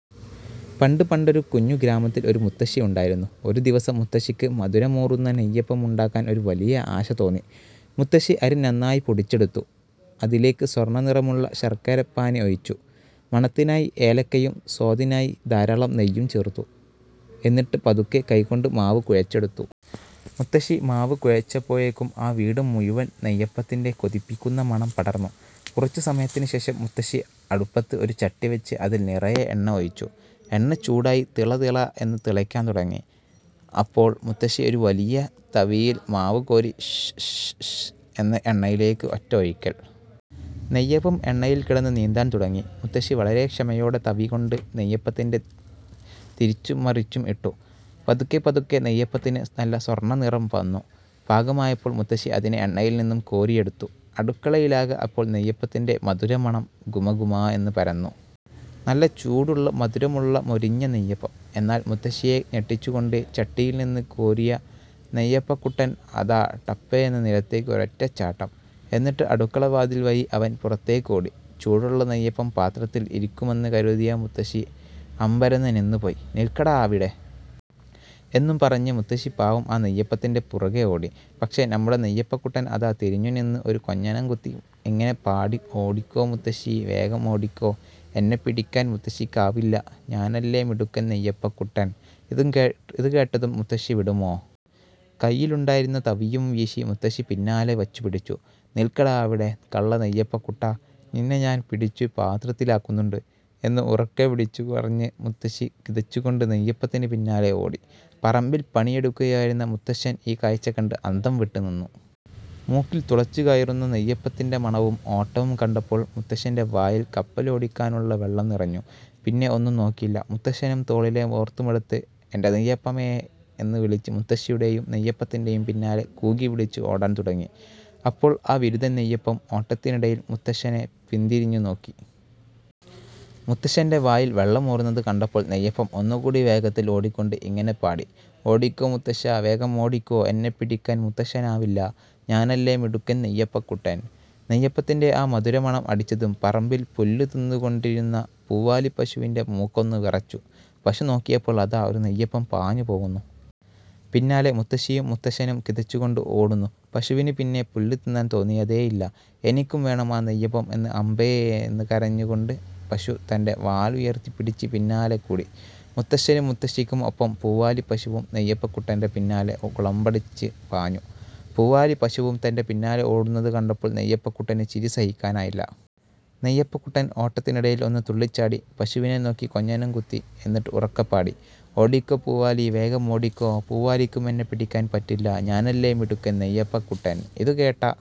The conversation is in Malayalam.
പണ്ട് പണ്ടൊരു കുഞ്ഞു ഗ്രാമത്തിൽ ഒരു മുത്തശ്ശി ഉണ്ടായിരുന്നു. ഒരു ദിവസം മുത്തശ്ശിക്ക് മധുരമൂറുന്ന നെയ്യപ്പം ഉണ്ടാക്കാൻ ഒരു വലിയ ആശ തോന്നി. മുത്തശ്ശി അരി നന്നായി പൊടിച്ചെടുത്തു. അതിലേക്ക് സ്വർണ്ണനിറമുള്ള ശർക്കരപ്പാനി ഒഴിച്ചു. മണത്തിനായി ഏലക്കയും സ്വാദിനായി ധാരാളം നെയ്യും ചേർത്തു. എന്നിട്ട് പതുക്കെ കൈകൊണ്ട് മാവ് കുഴച്ചെടുത്തു. മുത്തശ്ശി മാവ് കുഴച്ചപ്പോഴേക്കും ആ വീടു മുഴുവൻ നെയ്യപ്പത്തിന്റെ കൊതിപ്പിക്കുന്ന മണം പടർന്നു. കുറച്ചു സമയത്തിനുശേഷം മുത്തശ്ശി അടുപ്പത്ത് ഒരു ചട്ടി വെച്ച് അതിൽ നിറയെ എണ്ണ ഒഴിച്ചു. എണ്ണ ചൂടായി 'തിള തിള' എന്ന് തിളയ്ക്കാൻ തുടങ്ങി. അപ്പോൾ മുത്തശ്ശി ഒരു വലിയ തവിയിൽ മാവ് കോരി 'ശ്ശ്ശ്ശ്ശ്… ' എന്ന് എണ്ണയിലേക്ക് ഒറ്റ ഒഴിക്കൽ! നെയ്യപ്പം എണ്ണയിൽ കിടന്ന് നീന്താൻ തുടങ്ങി. മുത്തശ്ശി വളരെ ക്ഷമയോടെ തവി കൊണ്ട് നെയ്യപ്പത്തിനെ തിരിച്ചും മറിച്ചും ഇട്ടു. പതുക്കെ പതുക്കെ നെയ്യപ്പത്തിന് നല്ല സ്വർണ്ണനിറം വന്നു. പാകമായപ്പോൾ മുത്തശ്ശി അതിനെ എണ്ണയിൽ നിന്നും കോരിയെടുത്തു. അടുക്കളയിലാകെ അപ്പോൾ നെയ്യപ്പത്തിന്റെ മധുരമണം ഗുമഗുമാ എന്ന് പരന്നു. നല്ല ചൂടുള്ള, മധുരമുള്ള, മൊരിഞ്ഞ നെയ്യപ്പം! എന്നാൽ മുത്തശ്ശിയെ ഞെട്ടിച്ചുകൊണ്ട്, ചട്ടിയിൽ നിന്ന് കോരിയ നെയ്യപ്പക്കുട്ടൻ അതാ ടപ്പേ എന്ന് നിലത്തേക്ക് ഒരൊറ്റ ചാട്ടം. എന്നിട്ട് അടുക്കളവാതിൽ വഴി അവൻ പുറത്തേക്ക് ഓടി. ചൂടുള്ള നെയ്യപ്പം പാത്രത്തിൽ ഇരിക്കുമെന്ന് കരുതിയ മുത്തശ്ശി അമ്പരന്നു നിന്നുപോയി. "നിൽക്കടാ അവിടെ! " എന്നും പറഞ്ഞ് മുത്തശ്ശി പാവം ആ നെയ്യപ്പത്തിന്റെ പുറകേ ഓടി. പക്ഷേ, നമ്മുടെ നെയ്യപ്പക്കുട്ടൻ അതാ തിരിഞ്ഞുനിന്ന് ഒരു കൊഞ്ഞനം കുത്തി ഇങ്ങനെ പാടി ഓടിക്കോ മുത്തശ്ശീ… വേഗം ഓടിക്കോ! എന്നെ പിടിക്കാൻ മുത്തശ്ശിക്കാവില്ല. ഞാനല്ലേ മിടുക്കൻ നെയ്യപ്പക്കുട്ടൻ! " ഇതുകേട്ടതും മുത്തശ്ശി വിടുമോ? കൈയിലുണ്ടായിരുന്ന തവിയും വീശി മുത്തശ്ശി പിന്നാലെ വച്ചുപിടിച്ചു. "നിൽക്കടാ അവിടെ കള്ള നെയ്യപ്പക്കുട്ടാ! നിന്നെ ഞാൻ പിടിച്ചു പാത്രത്തിലാക്കുന്നുണ്ട്! " എന്ന് ഉറക്കെ വിളിച്ചു പറഞ്ഞ് മുത്തശ്ശി കിതച്ചു കൊണ്ട് നെയ്യപ്പത്തിന് പിന്നാലെ ഓടി. പറമ്പിൽ പണിയെടുക്കുകയായിരുന്ന മുത്തശ്ശൻ ഈ കാഴ്ച കണ്ട് അന്തംവിട്ടു നിന്നു. മൂക്കിൽ തുളച്ചുകയറുന്ന നെയ്യപ്പത്തിന്റെ മണവും ഓട്ടവും കണ്ടപ്പോൾ മുത്തശ്ശന്റെ വായിൽ കപ്പലോടിക്കാനുള്ള വെള്ളം നിറഞ്ഞു! പിന്നെ ഒന്നും നോക്കിയില്ല, മുത്തശ്ശനും തോളിലെ തോർത്തുമെടുത്ത് "എന്റെ നെയ്യപ്പമേ… " എന്ന് വിളിച്ച് മുത്തശ്ശിയുടെയും നെയ്യപ്പത്തിന്റെയും പിന്നാലെ കൂകിവിളിച്ച് ഓടാൻ തുടങ്ങി. അപ്പോൾ ആ വിരുതൻ നെയ്യപ്പം ഓട്ടത്തിനിടയിൽ മുത്തശ്ശനെ പിന്തിരിഞ്ഞു നോക്കി. മുത്തശ്ശന്റെ വായിൽ വെള്ളമൂറുന്നത് കണ്ടപ്പോൾ നെയ്യപ്പം ഒന്നുകൂടി വേഗത്തിൽ ഓടിക്കൊണ്ട് ഇങ്ങനെ പാടി: "ഓടിക്കോ മുത്തശ്ശാ… വേഗം ഓടിക്കോ! എന്നെ പിടിക്കാൻ മുത്തശ്ശനാവില്ല. ഞാനല്ലേ മിടുക്കൻ നെയ്യപ്പക്കുട്ടൻ! നെയ്യപ്പത്തിന്റെ ആ മധുരമണം അടിച്ചതും പറമ്പിൽ പുല്ലു തിന്നുകൊണ്ടിരുന്ന പൂവാലി പശുവിന്റെ മൂക്ക് ഒന്ന് വിറച്ചു! പശു നോക്കിയപ്പോൾ അതാ ഒരു നെയ്യപ്പം പാഞ്ഞു പോകുന്നു. പിന്നാലെ മുത്തശ്ശിയും മുത്തശ്ശനും കിതച്ചുകൊണ്ട് ഓടുന്നു. പശുവിന് പിന്നെ പുല്ല് തിന്നാൻ തോന്നിയതേയില്ല! "എനിക്കും വേണം ആ നെയ്യപ്പം" എന്ന് അംബേ…. എന്ന് കരഞ്ഞുകൊണ്ട് പശു തന്റെ വാലുയർത്തിപ്പിടിച്ച് പിന്നാലെ കൂടി. മുത്തശ്ശനും മുത്തശ്ശിക്കും ഒപ്പം പൂവാലി പശുവും നെയ്യപ്പക്കുട്ടന്റെ പിന്നാലെ കുളമ്പടിച്ച് പാഞ്ഞു. പൂവാലി പശുവും തന്റെ പിന്നാലെ ഓടുന്നത് കണ്ടപ്പോൾ നെയ്യപ്പക്കുട്ടന് ചിരി സഹിക്കാനായില്ല. നെയ്യപ്പക്കുട്ടൻ ഓട്ടത്തിനിടയിൽ ഒന്ന് തുള്ളിച്ചാടി, പശുവിനെ നോക്കി കൊഞ്ഞനം കുത്തി! എന്നിട്ട് ഉറക്കെ പാടി: "ഓടിക്കോ പൂവാലീ… വേഗം ഓടിക്കോ! പൂവാലിക്കും എന്നെ പിടിക്കാൻ പറ്റില്ല! ഞാനല്ലേ മിടുക്കൻ നെയ്യപ്പക്കുട്ടൻ! " ഇതുകേട്ട